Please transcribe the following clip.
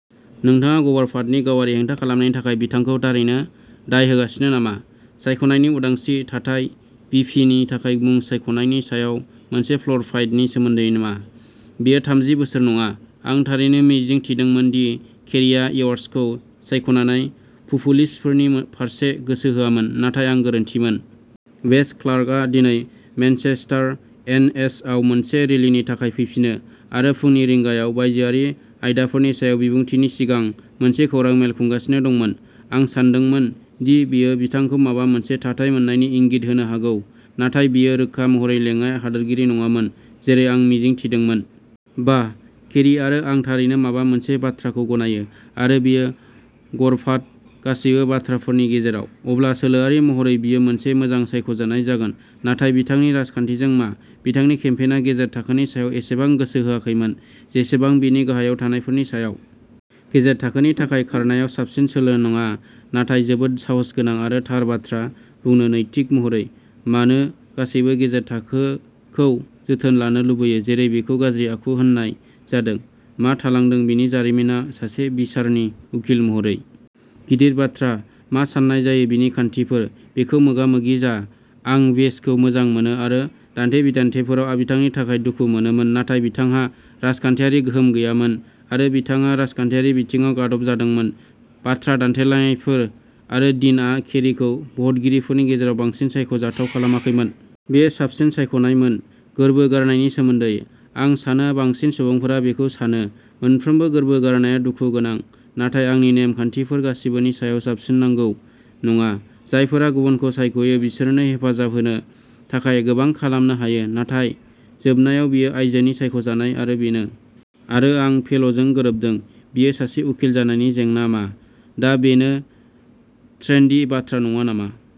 " नोंथाङा गर्भपातनि गावारि हेंथा खालामनायनि थाखाय बिथांखौ थारैनो दाय होगासिनो नामा? "सायख'नायनि उदांस्रि", थाथाय? भि. पि. नि थाखाय मुं सायख'नायनि सायाव मोनसे फ्ल'र फाइटनि सोमोन्दै मा? बेयो थामजि बोसोर नङा। आं थारैनो मिजिंथिदोंमोन दि केरीआ एडवार्ड्सखौ सायख'नानै'पपुलिस्ट'फोरनि फारसे गोसो होआमोन, नाथाय आं गोरोन्थिमोन। वेस क्लार्कआ दिनै मेनचेस्टार, एन. एच. आव मोनसे रेलिनि थाखाय फैफिनो, आरो फुंनि रिंगायाव बायजोआरि आयदाफोरनि सायाव बिबुंथिनि सिगां मोनसे खौरां मेल खुंगासिनो दंमोन। आं सानदोंमोन दि बेयो बिथांखौ माबा मोनसे थाथाय मोन्नायनि इंगित होनो हागौ नाथाय बेयो रोखा महरै लेङाइ हादोरगिरि नङामोन जेरै आं मिजिंथिदोंमोन। बाह, केरी आरो आं थारैनो माबा मोनसे बाथ्राखौ गनायो। आरो बेयो गर्भपात, गासैबो बाथ्राफोरनि गेजेराव! अब्ला सोलोआरि महरै बियो मोनसे मोजां सायख'नाय जागोन। नाथाय बिथांनि राजखान्थिजों मा? बिथांनि केम्पेइना गेजेर थाखोनि सायाव एसेबां गोसो होआखैमोन जेसेबां बेनि गाहायाव थानायफोरनि सायाव। गेजेर थाखोनि थाखाय खारनायाव साबसिन सोलो नङा नाथाय जोबोद साहसगोनां आरो थार बाथ्रा बुंनो नैतिक महरै। मानो गासैबो गेजेर थाखोखौ जोथोन लानो लुबैयो जेरै बेखौ गाज्रि आखु होनाय जादों? मा थालांदों बिनि जारिमिनआ सासे बिसारनि उखिल महरै। गिदिर बाथ्रा। मा सान्नाय जायो बिनि खान्थिफोर। बेखौ मोगा-मोगि जा। आं वेसखौ मोजां मोनो आरो दान्थे-बिदान्थेफोराव बिथांनि थाखाय दुखु मोनोमोन नाथाय बिथांहा राजखान्थियारि गोहोम गैयामोन आरो बिथाङा राजखान्थियारि बिथिङाव गादबजादोंमोन। बाथ्रा दान्थेलायनायफोर। आरो डीनआ केरीखौ भटगिरिफोरनि गेजेराव बांसिन सायख'जाथाव खालामाखैमोन। बेयो साबसिन सायख'नाय मोन। गोर्बो गारनायनि सोमोन्दै। आं सानो बांसिन सुबुंफोरा बेखौ सानो। मोनफ्रोमबो गोर्बो गारनाया दुखु गोनां नाथाय आंनि नेम-खान्थिफोरा गासिबोनि सायाव जाबसिनांगौ नङा। जायफोरा गुबुनखौ सायख'यो बिसोरनो हेफाजाब होनो थाखाय गोबां खालामनो हायो, नाथाय जोबनायाव बेयो आयजोनि सायख'नाय आरो बेनो। आरो आं फेल'जों गोरोबदों। बियो सासे उखिल जानायनि जेंना मा? दा बेनो ट्रेन्डी बाथ्रा नङा नामा?